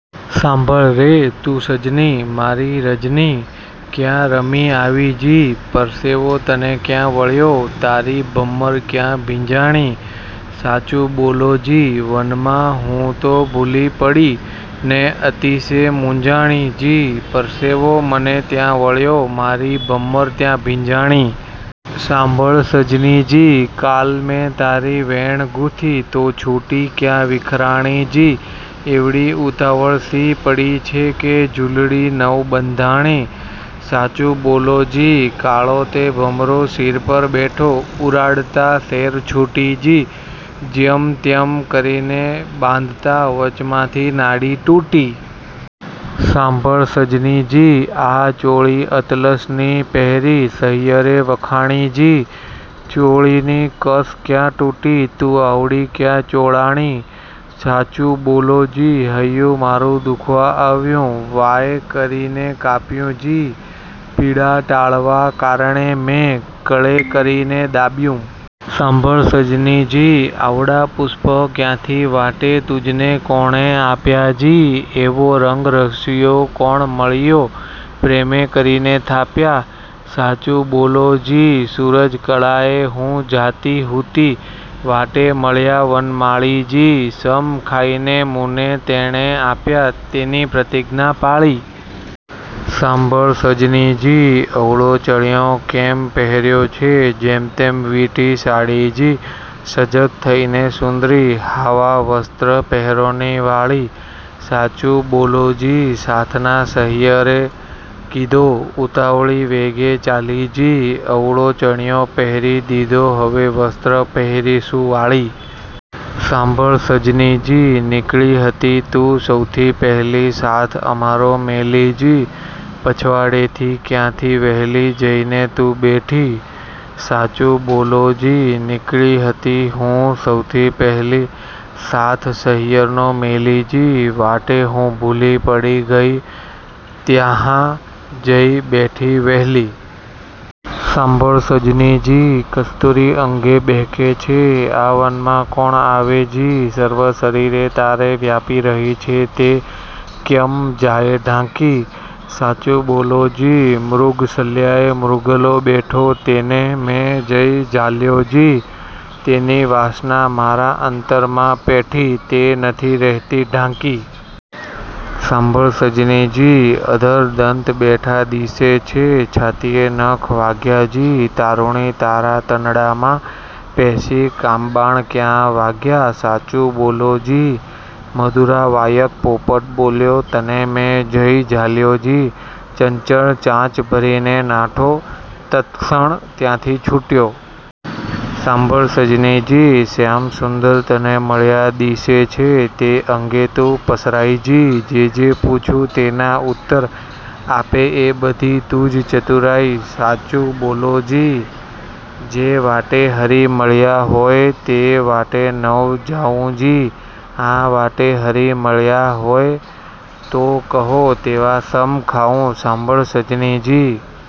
સાંભળ રે તું સજની! મારી, રજની ક્યાં રમી આવી જી? પરસેવો તને ક્યાં વળ્યો? તારી ભમ્મર ક્યાં ભીંજાણી? સાચું બોલો જી! વનમાં હું તો ભૂલી પડી ને અતિશે મૂંઝાણી જી; પરસેવો મને ત્યાં વળ્યો મારી ભમ્મર ત્યાં ભીંજાણી. સાંભળ સજની જી! કાલ મેં તારી વેણ ગૂંથી તી છૂટી ક્યાં વિખરાણી જી? એવડી ઉતાવળ શી પડી છે કે ઝૂલડી નવ બંધાણી? સાચું બોલો જી! કાળો તે ભમરો શિર પર બેઠો, ઉરાડતાં સેર છૂટી જી, જ્યમત્યમ કરીને બાંધતાં વચમાંથી નાડી તૂટી. સાંભળ સજની જી! આ ચોળી અતલસ ની પહેરી, સહિયરે વખાણી જી; ચોળીની કસ ક્યાં તૂટી? તું આવડી ક્યાં ચોળાણી? સાચું બોલો જી! હૈયું મારું દુખવા આવ્યું, વાએ કરીને કાપ્યું જી, પીડા ટાળવા કારણે મેં કળે કરીને દાબ્યું. સાંભળ સજની જી! આવડાં પુષ્પ ક્યાંથી વાટે તુજને કોણે આપ્યાં જી? એવો રંગરસિયો કોણ મળિયો? પ્રેમે કરીને થાપ્યાં. સાચું બોલો જી! સૂરજકળાએ હું જાતી હુતી, વાટે મળ્યા વનમાળી જી, સમ ખાઈને મુને તેણે આપ્યાં, તેની પ્રતિજ્ઞા પાળી. સાંભળ સજની જી! અવળો ચણિયો કેમ પહેર્યો છે? જેમતેમ વીંટી સાડી જી, સજક થઈને સુંદરી! હાવાં વસ્ત્ર પહેરોની વાળી. સાચું બોલો જી! સાથ ના સહિયરે કીધો, ઉતાવળી વેગે ચાલી જી, અવળો ચણિયો પહેરી દીધો, હવે વસ્ત્ર પહેરીશું વાળી. સાંભળ સજની જી! નીકળી હતી તું સૌથી પહેલી સાથ અમારો મેલી જી, પછવાડેથી ક્યાંથી વહેલી જઈને તું બેઠી? સાચું બોલો જી! નીકળી હતી હું સૌથી પહેલી સાથ સહિયરનો મેલી જી. વાટે હું ભૂલી પડી ગઈ, ત્યહાં જઈ બેઠી વ્હેલી. સાંભળ સજની જી! કસ્તૂરી અંગે બ્હેકે છે, આ વનમાં કોણ આવે જી? સર્વ શરીરે તારે વ્યાપી રહી છે તે ક્યમ જાયે ઢાંકી? સાચું બોલો જી! મૃગશલ્યાએ મૃગલો બેઠો તેને મેં જઈ ઝાલ્યો જી, તેની વાસના મારા અંતરમાં પેઠી, તે નથી રહેતી ઢાંકી. સાંભળ સજની જી! અધર દંત બેઠા દીસે છે, છાતીએ નખ વાગ્યા જી, તારુણી! તારા તનડામાં પેસી કામબાણ ક્યાં વાગ્યાં? સાચું બોલો જી! 'મધુરાં વાયક પોપટ બોલ્યો, તેને મેં જઈ ઝાલ્યો જી, ચંચળ ચાંચ ભરીને નાઠો, તત્ક્ષણ ત્યાંથી છૂટ્યો. સાંભળ સજની જી! શ્યામસુંદર તને મળ્યા દીસે છે તે અંગે તું પસરાઈ જી, જે જે પૂછું તેના ઉત્તર આપે એ બધી તુજ ચતુરાઈ! સાચું બોલો જી! જે વાટે હરિ મળિયા હોયે તે વાટે નવ જાઉં જી, આ વાટે હરિ મળિયા હોય તો કહો તેવા સમ ખાઉં. સાંભળ સજની જી!